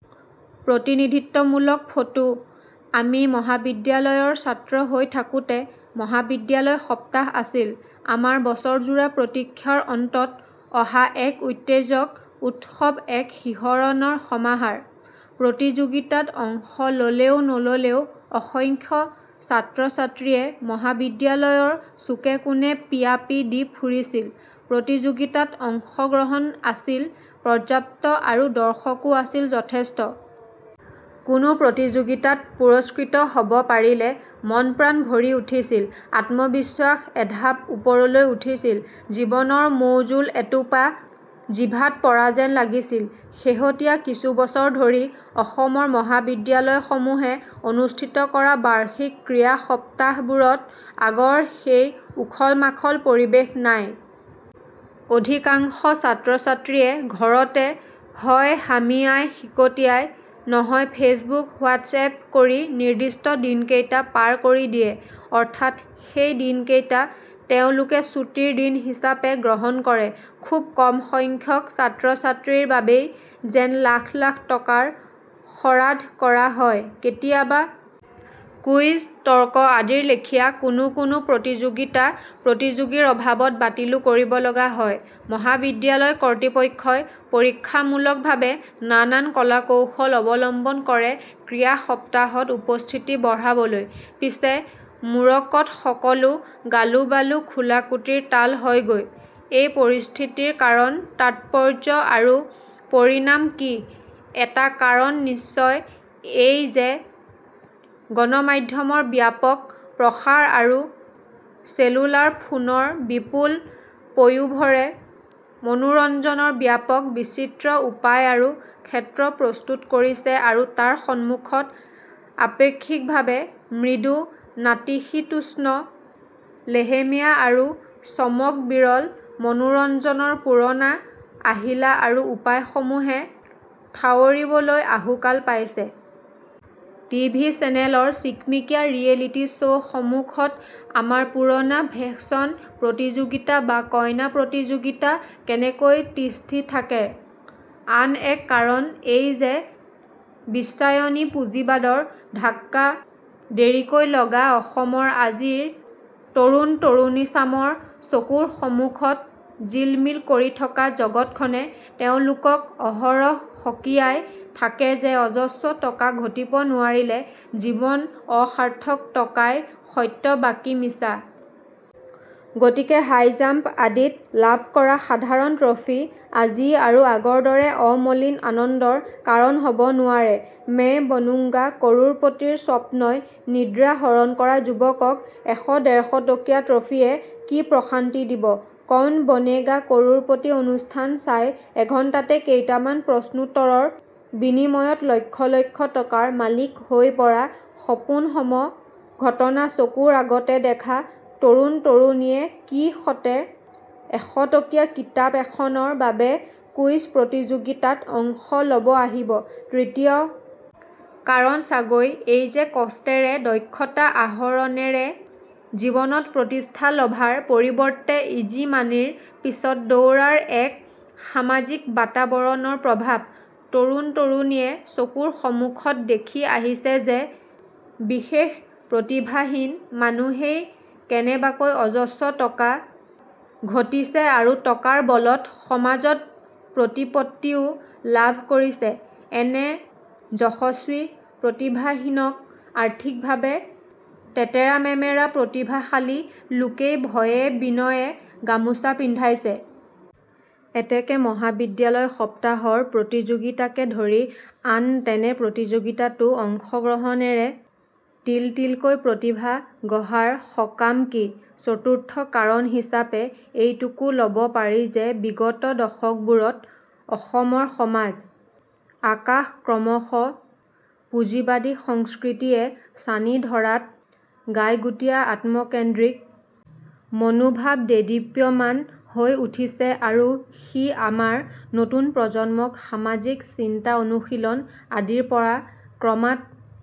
প্ৰতিনিধিত্বমূলক ফটো ,আমি মহাবিদ্যালয়ৰ ছাত্ৰ হৈ থাকোতে মহাবিদ্যালয় সপ্তাহ আছিল। আমাৰ বছৰজোৰা প্ৰতীক্ষাৰ অন্তত অহা এক উত্তেজক উৎসৱ এক শিহৰণৰ সমাহাৰ। প্ৰতিযোগিতাত অংশ ললেও নললেও অসংখ্য ছাত্ৰ-ছাত্ৰীয়ে মহাবিদ্যালয়ৰ চুকেকোণে পিয়াপি দি ফুৰিছিল। প্ৰতিযোগিতাত অংশগ্ৰহণ আছিল পৰ্যাপ্ত আৰু দৰ্শকো আছিল যথেষ্ট। কোনো প্ৰতিযোগিতাত পুৰস্কৃত হ'ব পাৰিলে মনপ্ৰাণ ভৰি উঠিছিল, আত্মবিশ্বাস এঢাপ ওপৰলৈ উঠিছিল। জীৱনৰ মৌজোল এটোপা জিভাত পৰা যেন লাগিছিল। শেহতীয়া কিছুবছৰ ধৰি অসমৰ মহাবিদ্যালয়সমূহে অনুষ্ঠিত কৰা বাৰ্ষিক ক্ৰীড়া সপ্তাহবোৰত আগৰ সেই উখল মাখল পৰিৱেশ নাই। অধিকাংশ ছাত্ৰছাত্ৰীয়ে ঘৰতে হয় হামিয়াই হিকটিয়াই নহয় ফেইচবুক হোৱাটচএপ্ কৰি নিৰ্দিষ্ট দিনকেইটা পাৰ কৰি দিয়ে। অৰ্থাৎ, সেই দিনকেইটা তেওঁলোকে ছূটীৰ দিন হিচাপে গ্ৰহণ কৰে। খুব কমসংখ্যক ছাত্ৰ-ছাত্ৰীৰ বাবেই যেন লাখ লাখ টকাৰ শৰাধ কৰা হয়। কেতিয়াবা কুইজ, তৰ্ক আদিৰ লেখীয়া কোনো কোনো প্ৰতিযোগিতা প্ৰতিযোগীৰ অভাৱত বাতিলো কৰিব লগা হয়। মহাবিদ্যালয় কৰ্তৃপক্ষই পৰীক্ষামূলকভাৱে নানান কলাকৌশল অৱলম্বন কৰে ক্ৰীড়া সপ্তাহত উপস্থিতি বঢ়াবলৈ। পিছে, মূৰকত সকলো গালোঁবালোঁ খোলাকুটিৰ তাল হয়গৈ। এই পৰিস্থিতিৰ কাৰণ তাৎপৰ্য আৰু পৰিণাম কি, এটা কাৰণ নিশ্চয় এই যে গণমাধ্যমৰ ব্যাপক প্ৰসাৰ আৰু চেলুলাৰ ফোনৰ বিপুল পয়োভৰে মনোৰঞ্জনৰ ব্যাপক বিচিত্ৰ উপায় আৰু ক্ষেত্ৰ প্ৰস্তুত কৰিছে আৰু তাৰ সমুখত আপেক্ষিকভাৱে মৃদু নাতিশীতোষ্ণ লেহেমীয়া আৰু চমকবিৰল মনোৰঞ্জনৰ পুৰণা আহিলা আৰু উপায়সমূহে ঠাৱৰিবলৈ আহুকাল পাইছে। টিভি চেনেলৰ চিকমিকিয়া ৰিয়েলিটি শ্ব' সমুখত আমাৰ পুৰণা ভেশছন প্ৰতিযোগিতা বা কইনা প্ৰতিযোগিতা কেনেকৈ তিষ্ঠি থাকে । আন এক কাৰণ এই যে বিশ্বায়নী পুঁজিবাদৰ ধাক্কা দেৰিকৈ লগা অসমৰ আজিৰ তৰুণতৰুণীচামৰ চকুৰ সমুখত জিলমিল কৰি থকা জগতখনে তেওঁলোকক অহৰহ সঁকীয়াই থাকে যে অজস্ৰ টকা ঘটিব নোৱাৰিলে জীৱন অসাৰ্থক টকাই সত্য বাকী মিছা। গতিকে হাই জাম্প্ আদিত লাভ কৰা সাধাৰণ ট্ৰফী আজি আৰু আগৰদৰে অমলিন আনন্দৰ কাৰণ হ'ব নোৱাৰে।‌মেই বনুংগা কৰোড়পতিৰ স্বপ্নই নিদ্ৰা হৰণ কৰা যুৱকক এশ ডেৰশটকীয়া ট্ৰফীয়ে কি প্ৰশান্তি দিব! কৌন বনেগা কৰোড়পতি অনুষ্ঠান চাই এঘণ্টাতে কেইটামান প্ৰশ্নোত্তৰৰ বিনিময়ত লক্ষ লক্ষ টকাৰ মালিক হৈ পৰা সপোনসম ঘটনা চকুৰ আগতে দেখা তৰুণতৰুণীয়ে কি সতে এশটকীয়া কিতাপ এখনৰ বাবে কুইজ প্ৰতিযোগিতাত অংশ ল'ব আহিব। তৃতীয় কাৰণ চাগৈ এই যে কষ্টেৰে দক্ষতা আহৰণেৰে জীৱনত প্ৰতিষ্ঠা লভাৰ পৰিৱৰ্তে ইজি মানিৰ পিছত দৌৰাৰ এক সামাজিক বাতাৱৰণৰ প্ৰভাৱ । তৰুণতৰুণীয়ে চকুৰ সমুখত দেখি আহিছে যে বিশেষ প্ৰতিভাহীন মানুহেই কেনেবাকৈ অজস্ৰ টকা ঘটিছে আৰু টকাৰ বলত সমাজত প্ৰতিপত্তিও লাভ কৰিছে, এনে যশস্বী প্ৰতিভাহীনক আৰ্থিকভাৱে টেটেৰামেমেৰা প্ৰতিভাশালী লোকেই ভয়ে বিনয়ে গামোচা পিন্ধাইছে। এতেকে মহাবিদ্যালয় সপ্তাহৰ প্ৰতিযোগিতাকে ধৰি আন তেনে প্ৰতিযোগিতাতো অংশগ্ৰহণেৰে তিলতিলকৈ প্ৰতিভা গঢ়াৰ সকাম কি! চতুৰ্থ কাৰণ হিচাপে এইটোকো ল'ব পাৰি যে বিগত দশকবোৰত অসমৰ সমাজ। আকাশ ক্ৰমশঃ পুঁজিবাদী সংস্কৃতিয়ে ছানি ধৰাত গাইগুটীয়া আত্মকেন্দ্ৰিক মনোভাৱ দেদীপ্যমান হৈ উঠিছে আৰু সি আমাৰ নতুন প্ৰজন্মক সামাজিক চিন্তা অনুশীলন আদিৰ পৰা ক্ৰমাৎ